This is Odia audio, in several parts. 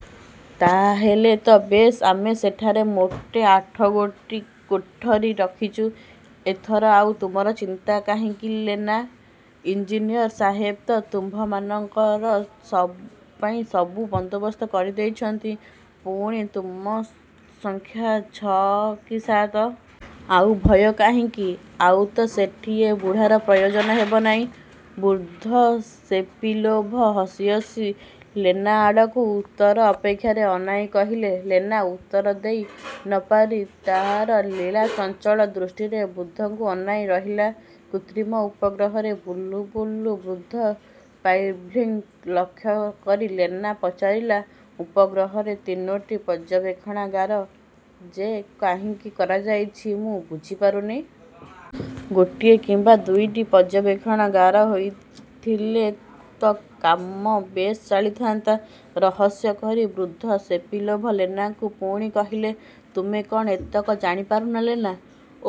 '' ''ତା' ହେଲେ ତ ବେଶ୍ ଆମେ ସେଠାରେ ମୋଟ ଆଠଗୋଟି କୋଠରି ରଖିଛୁ। '' ''ଏଥର ଆଉ ତୁମର ଚିନ୍ତା କାହିଁକି ଲେନା? '' ଇଞ୍ଜିନିଅର୍ ସାହେବ ତ ତୁମ୍ଭମାନଙ୍କ ପାଇଁ ସବୁ ବନ୍ଦୋବସ୍ତ କରି ଦେଇଛନ୍ତି। ପୁଣି ତୁମ ସଂଖ୍ୟା ଛ'କି ସାତ। ଆଉ ଭୟ କାହିଁକି? ଆଉ ତ ସେଠି ଏ ବୁଢ଼ାର ପ୍ରୟୋଜନ ହେବ ନାହିଁ? '' ବୃଦ୍ଧ ସେପିଲୋଭ୍ ହସି ହସି ଲେନାଆଡ଼କୁ ଉତ୍ତର ଅପେକ୍ଷାରେ ଅନାଇ କହିଲେ। ଲେନା ଉତ୍ତର ଦେଇ ନ ପାରି ତା'ର ଲୀଳା-ଚଞ୍ଚଳ ଦୃଷ୍ଟିରେ ବୃଦ୍ଧଙ୍କୁ ଅନାଇ ରହିଲା। କୃତ୍ରିମ ଉପଗ୍ରହରେ ବୁଲୁ ବୁଲୁ ବୃଦ୍ଧ ପାଲାଭିନ୍ଙ୍କୁ ଲକ୍ଷ୍ୟ କରି ଲେନା ପଚାରିଲା–''ଉପଗ୍ରହରେ ତିନିଗୋଟି ପର୍ଯ୍ୟବେକ୍ଷଣାଗାର ଯେ କାହିଁକି କରାଯାଇଛି, ମୁଁ ବୁଝିପାରୁନି-। ଗୋଟିଏ କିମ୍ୱା ଦୁଇଟି ପର୍ଯ୍ୟବେକ୍ଷଣାଗାର ହୋଇଥିଲେ ତ କାମ ବେଶ୍ ଚଳିଥାନ୍ତା-? '' ରହସ୍ୟ କରି ବୃଦ୍ଧ ସେପିଲୋଭ୍ ଲେନାକୁ ପୁଣି କହିଲେ–''ତୁମେ କ'ଣ ଏତକ ଜାଣିପାରୁନ ଲେନା?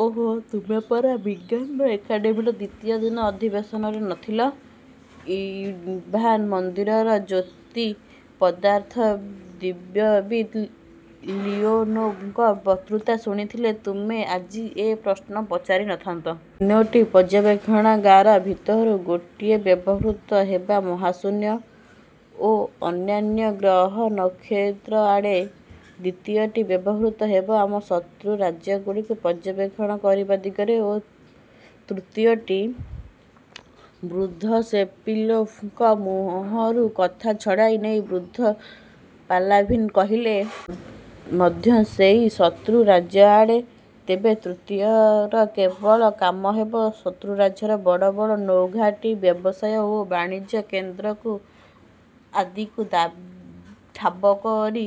ଓହୋ, ତୁମେ ପରା ବିଜ୍ଞାନ ଏକାଡେମୀର ଦ୍ୱିତୀୟ ଦିନ ଅଧିବେଶନରେ ନ ଥିଲ? ଇଭ୍ମାନମନ୍ଦିରର ଜ୍ୟୋତିଃ-ପଦାର୍ଥବିଦ୍ୟାବିତ୍ ଲିଓନୋଭଙ୍କ ବକ୍ତୃତା ଶୁଣିଥିଲେ, ତୁମେ ଆଜି ଏ ପ୍ରଶ୍ନ ପଚାରି ନ ଥାନ୍ତ। ଏ ତିନୋଟି ପର୍ଯ୍ୟବେକ୍ଷଣାଗାର ଭିତରୁ ଗୋଟିଏ ବ୍ୟବହୃତ ହେବ ମହାଶୂନ୍ୟ ଓ ଅନ୍ୟାନ୍ୟ ଗ୍ରହ ନକ୍ଷତ୍ରଆଡ଼େ। ଦ୍ୱିତୀୟଟି ବ୍ୟବହୃତ ହେବ ଆମ ଶତ୍ରୁ ରାଜ୍ୟଗୁଡ଼ିକୁ ପର୍ଯ୍ୟବେକ୍ଷଣ କରିବା ଦିଗରେ ଓ ତୃତୀୟଟି... '' ବୃଦ୍ଧ ସେପିଲୋଭ୍ଙ୍କ ମୁହଁରୁ କଥା ଛଡ଼ାଇ ନେଇ ବୃଦ୍ଧ ପାଲାଭିନ୍ କହିଲେ, ''... ମଧ୍ୟ ସେଇ ଶତ୍ରୁ ରାଜ୍ୟଆଡ଼େ। ତେବେ ତୃତୀୟର କେବଳ କାମ ହେବ ଶତ୍ରୁରାଜ୍ୟର ବଡ଼ ବଡ଼ ନୌଘାଟି, ବ୍ୟବସାୟ ଓ ବାଣିଜ୍ୟ କେନ୍ଦ୍ର ଆଦିକୁ ଠାବ କରି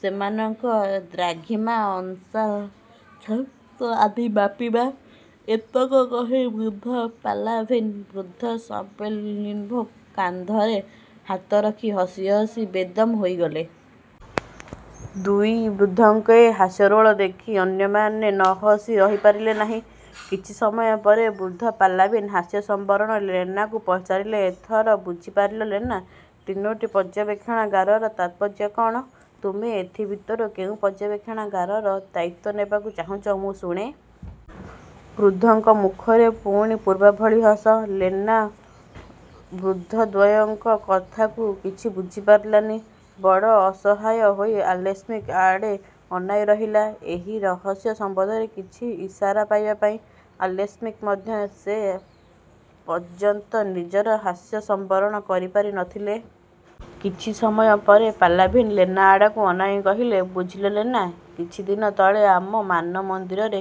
ସେମାନଙ୍କର ଦ୍ରାଘିମା ଆକ୍ଷାଂଶ ଆଦି ମାପିବା। '' ଏତକ କହି ବୃଦ୍ଧ ପାଲାଭିନ୍ ବୃଦ୍ଧ ସେପିଲୋଭ୍ଙ୍କ କାନ୍ଧରେ ହାତ ରଖି ହସି ହସି ବେଦମ୍ ହୋଇଗଲେ। ଦୁଇ ବୃଦ୍ଧଙ୍କ ଏ ହାସ୍ୟରୋଳ ଦେଖି ଅନ୍ୟମାନେ ନହସି ରହି ପାରିଲେ ନାହିଁ। କିଛି ସମୟପରେ ବୃଦ୍ଧ ପାଲାଭିନ୍ ହାସ୍ୟ ସମ୍ୱରଣ ଲେନାକୁ ପଚାରିଲେ, ''ଏଥର ବୁଝିପାରିଲ ଲେନା, ତିନୋଟି ପର୍ଯ୍ୟବେଣାଗାରର ତାତ୍ପର୍ଯ୍ୟ କଅଣ? ତୁମେ ଏଥିଭିତରୁ କେଉଁ ପର୍ଯ୍ୟବେକ୍ଷଣାଗାରର ଦାୟିତ୍ୱ ନେବାକୁ ଚାହୁଁଛ ମୁଁ ଶୁଣେ। '' ବୃଦ୍ଧଙ୍କ ମୁଖରେ ପୁଣି ପୂର୍ବଭଳି ହସ। ଲେନା ବୃଦ୍ଧଦ୍ୱୟଙ୍କ। କଥାରୁ କିଛି ବୁଝିପାରିଲାନି। ବଡ଼ ଅସହାୟ ହୋଇ ଆଲେସ୍କିଙ୍କ ଆଡ଼େ ଅନାଇ ରହିଲା ଏହି ରହସ୍ୟ ସମ୍ୱନ୍ଧରେ କିଛି ଇସାରା ପାଇବା ପାଇଁ। ଆଲେସ୍କି ମଧ୍ୟ ସେ ପର୍ଯ୍ୟନ୍ତ ନିଜର ହାସ୍ୟ ସମ୍ୱରଣ କରି ପାରି ନ ଥିଲେ। କିଛି ସମୟ ପରେ ପାଲାଭିନ୍ ଲେନାଙ୍କଆଡ଼କୁ ଅନାଇ କହିଲେ-''ବୁଝିଲ ଲେନା, କିଛିଦିନ ତଳେ ଆମ ମାନମନ୍ଦିରରେ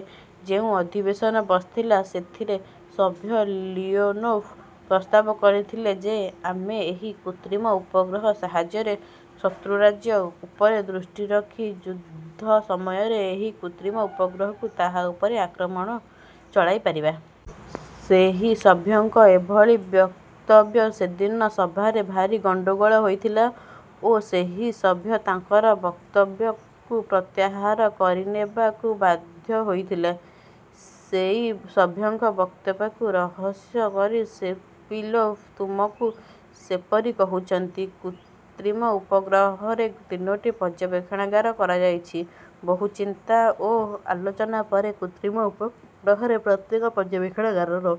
ଯେଉଁ ଅଧିବେଶନ ବସିଥିଲା, ସେଥିରେ ସଭ୍ୟ ଲିଓନୋଭ୍ ପ୍ରସ୍ତାବ କରିଥିଲେ ଯେ, ଆମେ ଏହି କୃତ୍ରିମ ଉପଗ୍ରହ ସାହାଯ୍ୟରେ ଶତ୍ରୁ ରାଜ୍ୟ ଉପରେ ଦୃଷ୍ଟି ରଖି ଯୁଦ୍ଧ ସମୟରେ ଏହି କୃତ୍ରିମ ଉପଗ୍ରହରୁ ତାହା ଉପରେ ଆକ୍ରମଣ ଚଳାଇ ପାରିବା। ସେହି ସଭ୍ୟଙ୍କ ଏଭଳି ବକ୍ତବ୍ୟରେ ସେଦିନ ସଭାରେ ଭାରି ଗଣ୍ଡଗୋଳ ହୋଇଥିଲା ଓ ସେହି ସଭ୍ୟ ତାଙ୍କର ବକ୍ତବ୍ୟକୁ ପ୍ରତ୍ୟାହାର କରିନେବାକୁ ବାଧ୍ୟ ହୋଇଥିଲେ। ସେଇ ସଭ୍ୟଙ୍କ ବକ୍ତବ୍ୟକୁ ରହସ୍ୟ କରି ସେପିଲୋଭ୍ ତୁମକୁ ସେପରି କହୁଛନ୍ତି। କୃତ୍ରିମ ଉପଗ୍ରହରେ ତିନୋଟି ପର୍ଯ୍ୟବେକ୍ଷଣାଗାର କରାଯାଇଛି ବହୁ ଚିନ୍ତା ଓ ଆଲୋଚନା ପରେ। କୃତ୍ରିମ ଉପଗ୍ରହରେ ପ୍ରତ୍ୟେକ ପର୍ଯ୍ୟବେକ୍ଷଣାଗାରର